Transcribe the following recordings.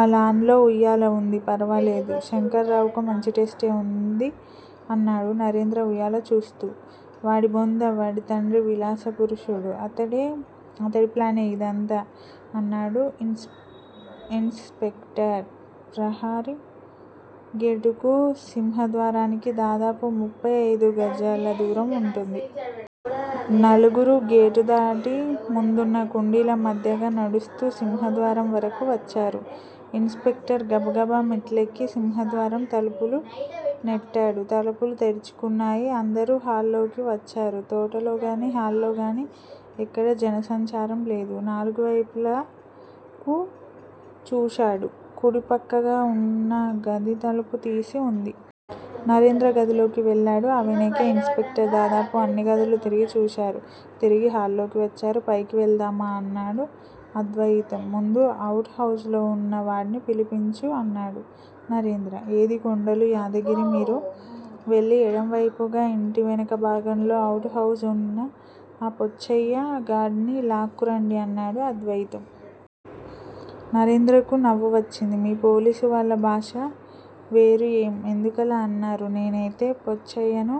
ఆ లాన్ లో ఉయ్యాల ఉంది. ఫర్వాలేదు. శంకర్రావుకు మంచి టేస్టే ఉంది అన్నాడు నరేంద్ర ఉయ్యాల చూస్తూ. వాడి బొంద. వాడి తండ్రి విలాస పురుషుడు. అతడి ప్లానే ఇదంతా అన్నాడు ఇన్స్ స్పెక్టర్. ప్రహరీ గేటుకూ, సింహద్వారానికి దాదాపు ముపై అయిదు గజాల దూరం ఉంటుంది. నలుగురూ గేటు దాటి ముందున్న కుండీల మధ్యగా నడుస్తూ సింహద్వారం వరకూ వచ్చారు. ఇన్స్ స్పెక్టర్ గబగబా మెట్లెక్కి సింహద్వారం తలుపులు నెట్టాడు. తలుపులు తెరుచుకున్నాయి. అందరూ హాల్లోకి వచ్చారు. తోటలో గానీ, హల్లోగానీ ఎక్కడా జనసంచారం లేదు. నాలుగు వైపులకూ చూశాడు. కుడి పక్కగా ఉన్న గది తలుపు తీసి ఉంది. నరేంద్ర గదిలోకి వెళ్ళాడు. ఆ వెనకే ఇన్స్ స్పెక్టర్ దాదాపు అన్ని గదులూ తిరిగి చూశారు. తిరిగి హాల్లోకి వచ్చారు. పైకి వెళ్దామా? అన్నాడు అద్వయితం. ముందు అవుట్ హౌస్ లో ఉన్న వాడ్ని పిలిపించు అన్నాడు నరేంద్ర. ఏది కొండలూ, యాదగిరి మీరు వెళ్ళి ఎడం వైపుగా ఇంటి వెనక భాగంలో అవుట్ హౌస్ ఉన్న ఆ పోచ్చయ్య గాడ్ని లాక్కురండీ అన్నాడు అద్వయితం. నరేంద్రకు నవ్వు వచ్చింది. మీ పోలీసు వాళ్ళ భాషే వేరు ఏం? ఎందుకలా అంటున్నారు? నేనైతే పోచ్చయ్యను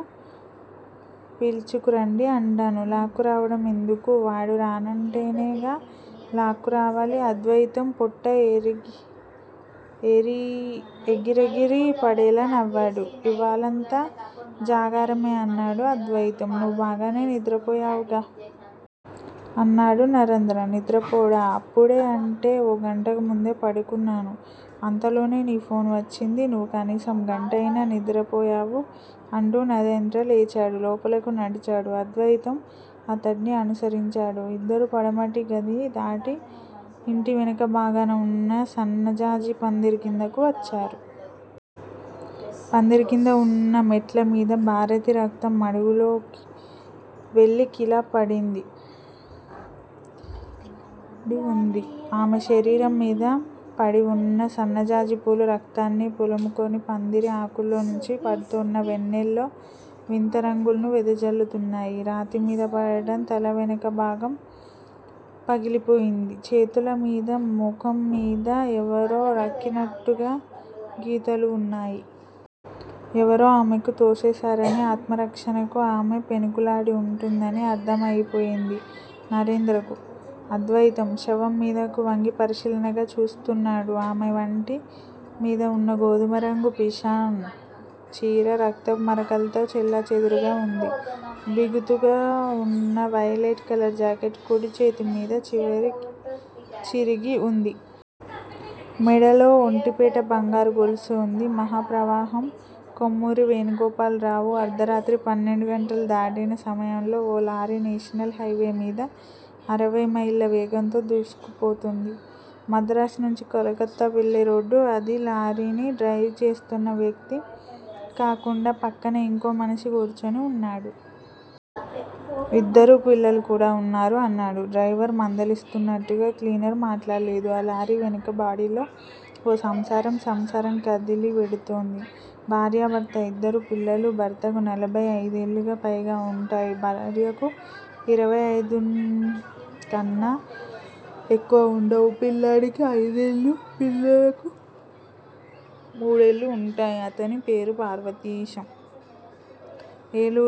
పిల్చుకు రండి అంటాను. లాక్కురావడం ఎందుకూ? వాడు రానంటేగా లాక్కురావాలి. అద్వయితం పొట్ట ఎగిరెగిరి పడేలా నవ్వాడు. ఇవ్వాళంతా జాగారమే అన్నాడు అద్వయితం. నువ్వు బాగానే నిద్రపోయావుగా? అన్నాడు నరంద్ర. నిద్రా పొడా? అప్పుడే, అంటే ఓ గంటకు ముందే పడుకున్నాను. అంతలోనే నీ ఫోన్ వచ్చింది. నువ్వు కనీసం గంటయినా నిద్రపోయావు అంటూ నరేంద్ర లేచాడు. లోపలకు నడిచాడు. అద్వయితం అతడ్ని అనుసరించాడు. ఇద్దరూ పడమటి గది దాటి ఇంటి వెనక భాగాన ఉన్న సన్నజాజి పందిరి కిందకు వచ్చారు. పందిరి కింద ఉన్న మెట్లమీద భారతి రక్తం మడుగులో వెల్లికిలా పడి ఉంది. ఆమె శరీరం మీద పడి ఉన్న సన్నజాజిపూలు రక్తాన్ని పులుముకొని, పందిరి ఆకుల్లో నుంచి పడ్తోన్న వెన్నెల్లో వింత రంగుల్ను వెదజల్లుతున్నాయి. రాతిమీద పడటం తల వెనక భాగం పగిలిపోయింది. చేతుల మీదా, ముఖం మీదా ఎవరో రక్కినట్టుగా గీతలు ఉన్నాయి. ఎవరో ఆమెకు తోసేశారనీ, ఆత్మరక్షణకు ఆమె పెనుకులాడి ఉంటుందని అర్థం అయిపోయింది నరేంద్రకు. అద్వయితం శవం మీదకు వంగి పరిశీలనగా చూస్తున్నాడు. ఆమె వంటి మీద ఉన్నా గోధుమరంగు షిపాన్ చీర, రక్తపు మరకలతో చెల్లాచెదరుగా ఉంది. బిగుతుగా ఉన్నావైలెట్ కలర్ జాకెట్ కుడి చేతి మీద చిరిగి ఉంది. మెడలో ఒంటిపేట బంగారు గొలుసు ఉంది. మహాప్రవాహం -కొమ్మూరి వేణుగోపాలరావు అర్థరాత్రి పన్నెండు గంటలు దాటిన సమయంలో ఓ లారీ నేషనల్ హైవేమిద అరవైమైళ్ళ వేగంతో దూసుకుపోతోంది. మద్రాసు నుంచి కలకత్తా వెళ్ళే రోడ్డు అది. లారీనిడ్రైవ్ చేస్తోన్న వ్యక్తి కాకుండా పక్కనే ఇంకో మనిషి కూర్చుని ఉన్నాడు. యిద్దరు పిల్లలుకూడా ఉన్నారు. అన్నాడు డ్రైవరు మందలిస్తూన్నట్టుగా. క్లీనర్ మాట్లాడలేదు. ఆ లారీ వెనుక బాడిలో ఓ సంసారం, సంసారం కదిలివెడుతోంది. భార్యా, భర్త, ఇద్దరు పిల్లలు. భర్తకు నలభై అయిదేళ్ళకు పైగా వుంటాయి. భార్యకు ఇరవై అయిదుకన్నాఎక్కువ ఉండవు. పిల్లాడికి అయిదేళ్ళు, పిల్లకు మూడేళ్ళు ఉంటాయి. అతని పేరుపార్వతీశం. ఏలూరు